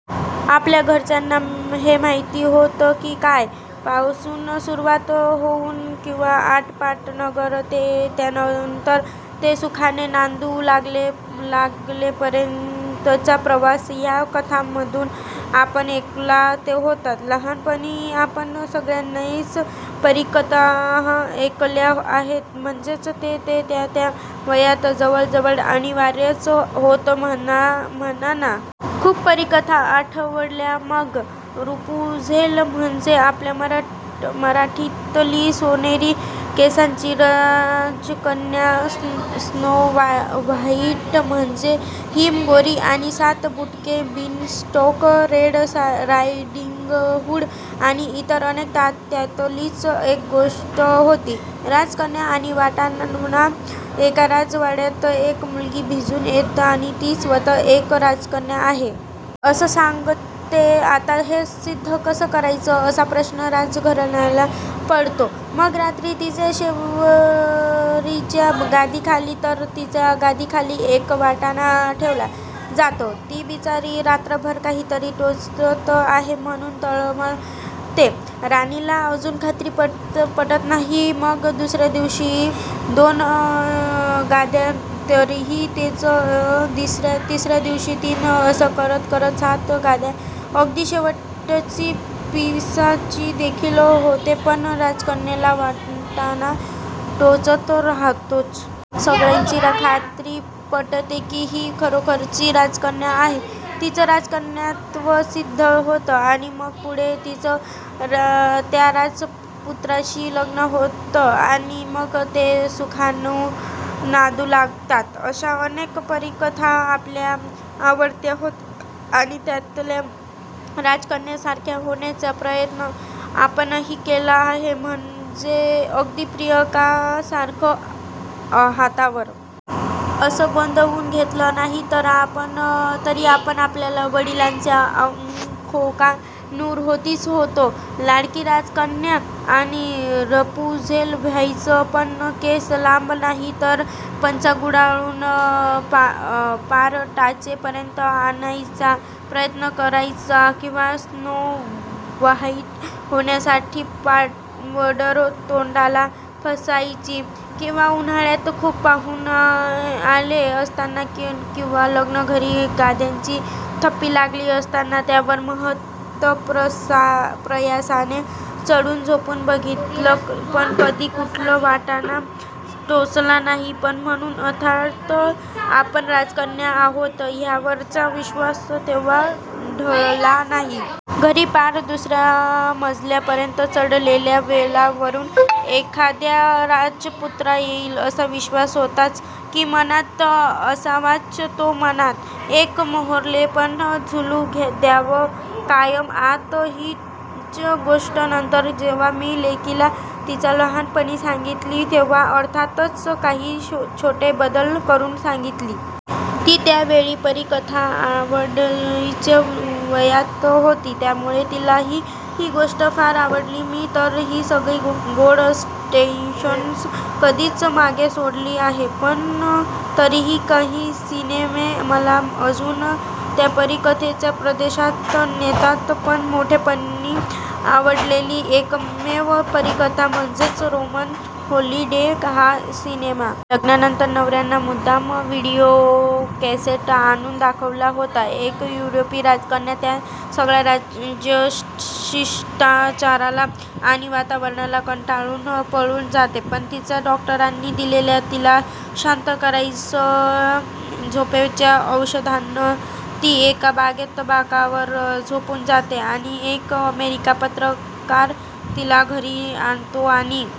आपल्या घरच्यांना हे माहिती होतं की काय? पाउसून सुरुवात होऊन किंवा आटपाटनगर ते त्यानंतर ते सुखाने नांदू लागलेपर्यंतचा प्रवास ह्या कथांमधून आपण ऐकला होता. लहानपणी आपण सगळ्यांनीच परीकथा ऐकल्या आहेत, म्हणजे ते-ते त्या-त्या वयात जवळजवळ अनिवार्यच होतं म्हणा म्हणा ना! खूप परीकथा आठवल्या मग! रपुंझेल म्हणजे आपल्या मराठीतली सोनेरी केसांची राजकन्या, स्नो व्हाइट म्हणजे हिमगौरी आणि सात बुटके, बिनस्टॉक, रेड रायडिंगहूड आणि इतर अनेक.. त्यातलीच एक गोष्ट होती, राजकन्या आणि वाटाणा एका राजवाड्यात एक मुलगी भिजून येत आणि ती स्वतः एक राजकन्या आहे. असं सांगते, आता हे सिद्ध कसं करायचं असा प्रश्न राजघराण्याला पडतो. मग रात्री तिच्या शेवरीच्या गादीखाली तर तिच्या गादीखाली एक वाटाणा ठेवला जातो, ती बिचारी रात्रभर काहीतरी टोचतं आहे म्हणून तळमळते. राणीला अजून खात्री पटत नाही मग दुसऱ्या दिवशी दोन गाद्या, तरीही तेच, तिसऱ्या दिवशी तीन असं करत करत सात गाद्या, अगदी शेवटची पिसाचीदेखील होतेपण राजकन्येला वाटाणा टोचत राहतोच! सगळ्यांची खात्री पटते की ही खरोखरीची राजकन्या आहे! तिचं राजकन्यत्वसिद्ध होतं आणि मग पुढे तिचं त्या राजपुत्राशी लग्न होतं आणि मग ते सुखानं नांदू लागतात. अशा अनेक परीकथा आपल्या आवडत्या होत्या, आणि त्यातल्या राजकन्येसारख्या होण्याचा प्रयत्न आपणही केला आहे म्हणजे अगदी प्रियकासारखं हातावर '! असं गोंदवून घेतलं नाही, तरी आपण तरी आपण आपल्याला वडिलांच्या 'आंखोंका नूर' होतीच होतो, लाडकी राजकन्या! आणि रपुंझेल व्हायचं पण केस लांब नाहीत तर पंचा गुडाळून पार टाचेपर्यंत आणायचा प्रयत्न करायचा किंवा स्नो व्हाइट होण्यासाठी पावडर तोंडाला फासायची किंवा उन्हाळ्यात खूप पाहुणे आले असताना, किंवा लग्नघरी गाद्यांची थप्पी लागली असताना त्यावर महत्प्रयासाने चढून झोपून बघितलं पण कधी कुठला वाटाणा टोचला नाही पण म्हणून अर्थात आपण राजकन्या आहोत ह्यावरचा विश्वास तेंव्हा ढळला नाही. घरी पार दुसऱ्या मजल्यापर्यंत चढलेल्या वेलावरून एखाद्या राजपुत्र येईल असा विश्वास होताच की मनात! असावाच तो मनात! एक मोहरलेपण झुलू द्यावं कायम आत! हीच गोष्ट नंतर जेंव्हा मी लेकीला तिच्या लहानपणी सांगितली तेंव्हा अर्थातच काही छोटे बदल करुन सांगितली! ती त्यावेळी परीकथा आवडयच्या वयात होती त्यामुळे तिलाही ही गोष्ट फार आवडली. मी तर ही सगळी गोड स्टेनशन्स कधीच मागे सोडली आहेत पण तरीही काही सिनेमे मला अजून त्या परीकथेच्या प्रदेशात नेतात. पण मोठेपणी आवडलेली एकमेव परीकथा म्हणजे रोमन हॉलिडे हा सिनेमा! लग्नानंतर नवऱ्यानं मुद्दाम विडिओ कॅसेट आणून दाखवला होता. एक युरोपी राजकन्या त्या सगळ्या राजशिष्टाचाराला आणि वातावरणाला कंटाळून पळून जाते. पण तिच डॉक्टरांनी दिलेल्या तिला शांत करायच झोपेच्या औषधानं ती एका बागेत बाकावर झोपून जाते, आणि एक अमेरिका पत्रकार तिला घरी आणतो आणि--